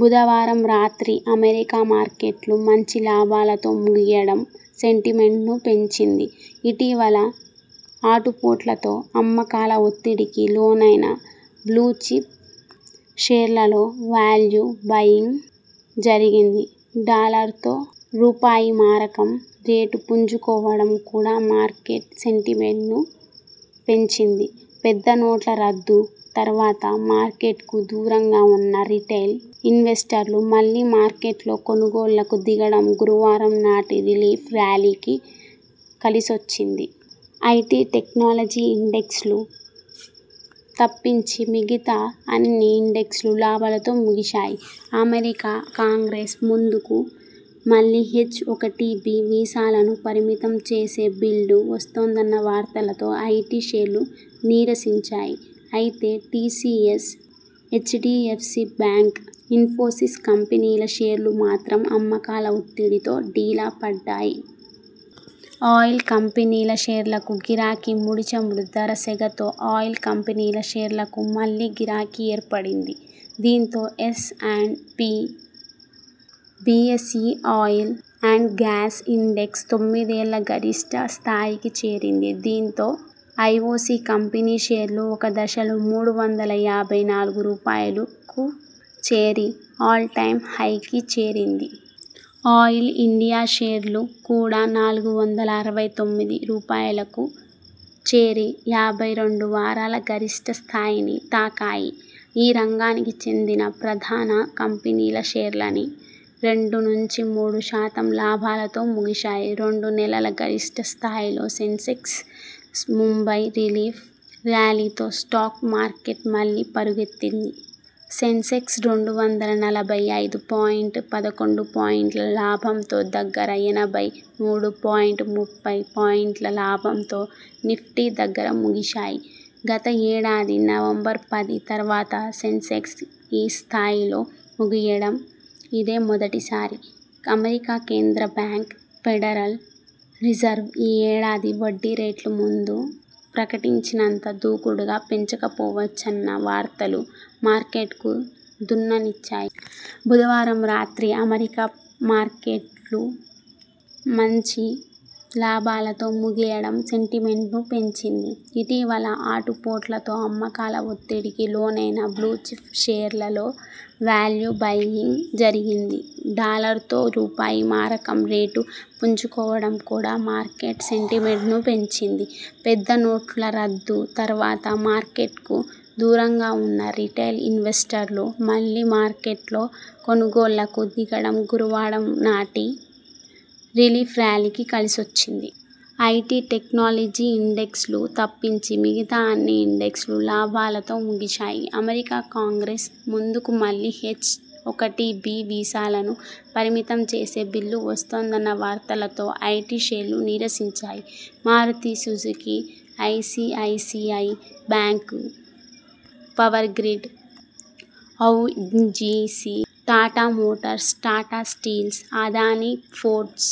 బుధవారం రాత్రి అమెరికా మార్కెట్లు మంచి లాభాలతో ముగియడం సెంటిమెంట్ను పెంచింది. ఇటీవలి ఆటుపోట్లతో అమ్మకాల ఒత్తిడికి లోనైన బ్లూచిప్ షేర్లలో వాల్యూ బైయింగ్ జరిగింది. డాలర్తో రూపాయి మారకం రేటు పుంజుకోవడం కూడా మార్కెట్ సెంటిమెంట్ను పెంచింది. పెద్ద నోట్ల రద్దు తర్వాత మార్కెట్కు దూరంగా ఉన్న రిటైల్ ఇన్వెస్టర్లు మళ్లీ మార్కెట్లో కొనుగోళ్లకు దిగడం గురువారం నాటి రిలీఫ్ ర్యాలీకి కలిసొచ్చింది. ఐటి, టెక్నాలజీ ఇండెక్స్లు తప్పించి మిగతా అన్ని ఇండెక్స్లు లాభాలతో ముగిశాయి. అమెరికా కాంగ్రెస్ ముందుకు మళ్లీ హెచ్-ఒకటిబి వీసాలను పరిమితం చేసే బిల్లు వస్తోందన్న వార్తలతో ఐటి షేర్లు నీరసించాయి. అయితే టిసిఎస్, హెచ్డిఎఫ్సి బ్యాంక్, ఇన్ఫోసిస్ కంపెనీల షేర్లు మాత్రం అమ్మకాల ఒత్తిడితో డీలా పడ్డాయి. ఆయిల్ కంపెనీల షేర్లకు గిరాకీ ముడి చమురు ధర సెగతో ఆయిల్ కంపెనీల షేర్లకు మళ్లీ గిరాకీ ఏర్పడింది. దీంతో S and P BSE Oil and Gas Index తొమ్మిదేళ్ల గరిష్ఠ స్థాయికి చేరింది. దీంతో ఐఒసి కంపెనీ షేర్లు ఒక దశలో మూడు వందల యాభై నాలుగు రూపాయలుకు చేరి ఆల్ టైమ్ హైకి చేరింది. ఆయిల్ ఇండియా షేర్లు కూడా నాలుగు వందల అరవై తొమ్మిది రూపాయలుకు చేరి యాభై రెండు వారాల గరిష్ఠ స్థాయిని తాకాయి. ఈ రంగానికి చెందిన ప్రధాన కంపెనీల షేర్లన్నీ రెండు నుంచి మూడు శాతం లాభాలతో ముగిశాయి. రెండు నెలల గరిష్ఠ స్థాయిలో సెన్సెక్స్ ముంబై రిలీఫ్ ర్యాలీతో స్టాక్ మార్కెట్ మళ్లీ పరిగెత్తింది. సెన్సెక్స్ రెండు వందల నలభై ఐదు పాయింట్ పదకొండు పాయింట్ల లాభంతో దగ్గర, ఎనభై మూడు పాయింట్ ముప్పై పాయింట్ల లాభంతో నిఫ్టీ దగ్గర ముగిశాయి. గత ఏడా ది నవంబర్ పది తర్వాత సెన్సెక్స్ ఈ స్థాయిలో ముగియడం ఇదే మొదటిసారి. అమెరికా కేంద్ర బ్యాంక్ 'ఫెడరల్ రిజర్వ్' ఈ ఏడాది వడ్డీ రేట్లు ముందు ప్రకటించినంత దూకుడుగా పెంచకపోవచ్చన్న వార్తలు మార్కెట్కు దన్నునిచ్చాయి. బుధవారం రాత్రి అమెరికా మార్కెట్లు మంచి లాభాలతో ముగియడం సెంటిమెంట్ను పెంచింది. ఇటీవలి ఆటుపోట్లతో అమ్మకాల ఒత్తిడికి లోనైన బ్లూచిప్ షేర్లలో వాల్యూ బైయింగ్ జరిగింది. డాలర్తో రూపాయి మారకం రేటు పుంజుకోవడం కూడా మార్కెట్ సెంటిమెంట్ను పెంచింది. పెద్ద నోట్ల రద్దు తర్వాత మార్కెట్కు దూరంగా ఉన్న రిటైల్ ఇన్వెస్టర్లు మళ్లీ మార్కెట్లో కొనుగోళ్లకు దిగడం గురువారం నాటి రిలీఫ్ ర్యాలీకి కలిసొచ్చింది. ఐటి, టెక్నాలజీ ఇండెక్స్లు తప్పించి మిగతా అన్ని ఇండెక్స్లు లాభాలతో ముగిశాయి. అమెరికా కాంగ్రెస్ ముందుకు మళ్లీ హెచ్-ఒకటిబి వీసాలను పరిమితం చేసే బిల్లు వస్తోందన్న వార్తలతో ఐటి షేర్లు నీరసించాయి. Maruti Suzuki, ICICI Bank, Power Grid, ONGC, Tata Motors, Tata Steel, Adani Ports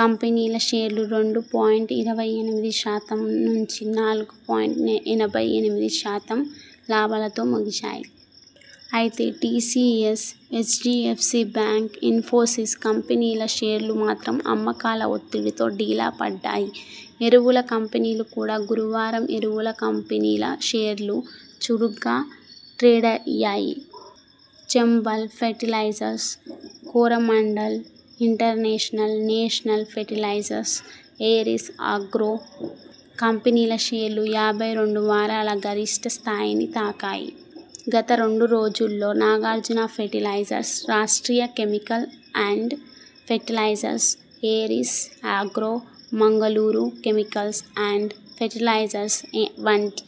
కంపెనీల షేర్లు రెండు పాయింట్ ఇరవై ఎనిమిది శాతం నుంచి నాలుగు పాయింట్ ఎనభై ఎనిమిది శాతం లాభాలతో ముగిశాయి. అయితే టిసిఎస్, హెచ్డిఎఫ్సి బ్యాంక్, ఇన్ఫోసిస్ కంపెనీల షేర్లు మాత్రం అమ్మకాల ఒత్తిడితో డీలాపడ్డాయి. ఎరువుల కంపెనీలు కూడా గురువారం ఎరువుల కంపెనీల షేర్లూ చురుగ్గా ట్రేడయ్యాయి. Chambal Fertilisers, Coromandel International, National Fertilisers, Aries Agro కంపెనీల షేర్లు యాభై రెండు వారాల గరిష్ఠ స్థాయిని తాకాయి. గత రెండు రోజుల్లో Nagarjuna Fertilisers, Rashtriya Chemicals and Fertilisers, Aries Agro, Mangaluru Chemicals and Fertilisers వంటి